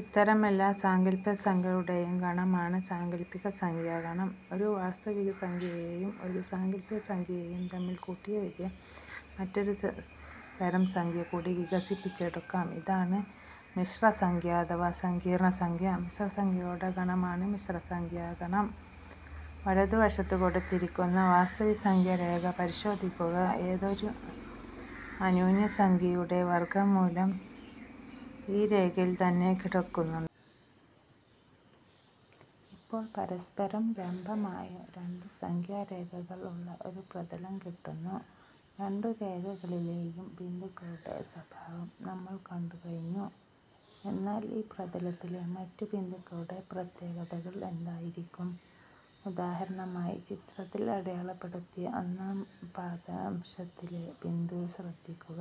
ഇത്തരം എല്ലാ സാങ്കൽപ്പികസംഖ്യകളുടെയും ഗണമാണ് സാങ്കൽപ്പികസംഖ്യാഗണം. ഒരു വാസ്തവികസംഖ്യയും ഒരു സാങ്കല്പികസംഖ്യയും തമ്മിൽ കൂട്ടിയെഴുതിയ മറ്റൊരു തരം സംഖ്യ കൂടി വികസിപ്പിച്ചെടുക്കാം. ഇതാണ് മിശ്രസംഖ്യ അഥവാ സങ്കീർണസംഖ്യ. മിശ്രസംഖ്യകളുടെ ഗണമാണ് മിശ്രസംഖ്യാഗണം. വലതുവശത്തു കൊടുത്തിരിയ്ക്കുന്ന വാസ്തവികസംഖ്യാരേഖ പരിശോധിയ്ക്കുക. ഏതൊരു അന്യൂനസംഖ്യയുടെ വർഗ്ഗമൂലവും ഈ രേഖയിൽ തന്നെ കിടക്കുന്നുണ്ട്. ഇപ്പോൾ പരസ്പരം ലംബമായ രണ്ടു സംഖ്യാരേഖകൾ ഉള്ള ഒരു പ്രതലം കിട്ടുന്നു. രണ്ടു രേഖകളിലെയും ബിന്ദുക്കളുടെ സ്വഭാവം നമ്മൾ കണ്ടു കഴിഞ്ഞു. എന്നാൽ ഈ പ്രതലത്തിലെ മറ്റു ബിന്ദുക്കളുടെ പ്രത്യേകതകൾ എന്തായിരിയ്ക്കും? ഉദാഹരണമായി ചിത്രത്തിൽ അടയാളപ്പെടുത്തിയ ഒന്നാം പാദാംശത്തിലെ ബിന്ദു ശ്രദ്ധിയ്ക്കുക.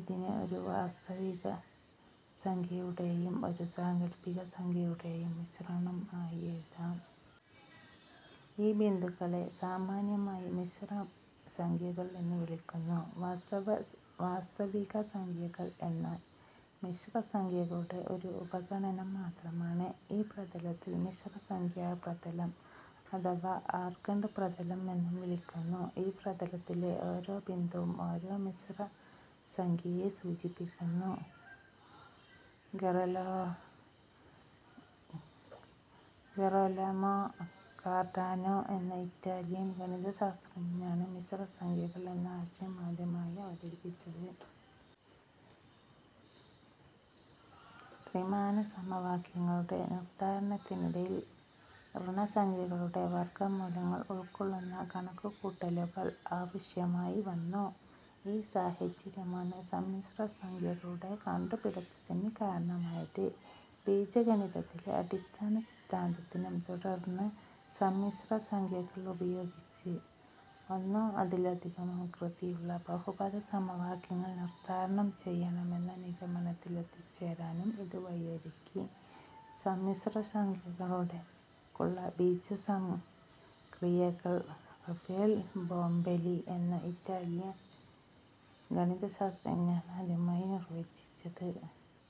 ഇതിനെ ഒരു വാസ്തവികസംഖ്യയുടെയും ഒരു സാങ്കൽപ്പികസംഖ്യയുടെയും മിശ്രണം ആയി എഴുതാം. ഈ ബിന്ദുക്കളെ സാമാന്യമായി മിശ്രസംഖ്യകൾ എന്നു വിളിയ്ക്കുന്നു. വാസ്തവികസംഖ്യകൾ എന്നാൽ മിശ്രസംഖ്യകളുടെ ഒരു ഉപഗണം മാത്രമാണ്. ഈ പ്രതലത്തെ മിശ്രസംഖ്യാപ്രതലം അഥവാ ആർഗണ്ട് പ്രതലം എന്നു വിളിയ്ക്കുന്നു. ഈ പ്രതലത്തിലെ ഓരോ ബിന്ദുവും ഓരോ മിശ്രസംഖ്യയെ സൂചിപ്പിയ്ക്കുന്നു. ഗെറൊലമൊ കർഡാനൊ എന്ന ഇറ്റാലിയൻ ഗണിതശാസ്ത്രജ്ഞനാണ് മിശ്ര സംഖ്യകൾ എന്ന ആശയം ആദ്യമായി അവതരിപ്പിച്ചത്. ത്രിമാനസമവാക്യങ്ങളുടെ നിർദ്ധാരണത്തിനിടയിൽ ഋണസംഖ്യകളുടെ വർഗ്ഗമൂലങ്ങൾ ഉൾക്കൊള്ളുന്ന കണക്കുകൂട്ടലുകൾ ആവശ്യമായി വന്നു. ഈ സാഹചര്യമാണ് സമ്മിശ്രസംഖ്യകളുടെ കണ്ടുപിടിത്തത്തിന് കാരണമായത്. ബീജഗണിതത്തിലെ അടിസ്ഥാന സിദ്ധാന്തത്തിനും തുടർന്ന് സമ്മിശ്രസംഖ്യകൾ ഉപയോഗിച്ച് ഒന്നോ അതിലധികമോ കൃതിയിലുള്ള ബഹുപദസമവാക്യങ്ങൾ നിർദ്ധാരണം ചെയ്യാമെന്ന നിഗമനത്തിലെത്തിച്ചേരാനും ഇത് വഴിയൊരുക്കി. സമ്മിശ്രസംഖ്യകൾക്കുള്ള ബീജീയസംക്രിയകൾ റഫേൽ ബോംബെലി എന്ന ഇറ്റാലിയൻ ഗണിതശാസ്ത്രജ്ഞനാണ് ആദ്യമായി നിർവ്വചിച്ചത്.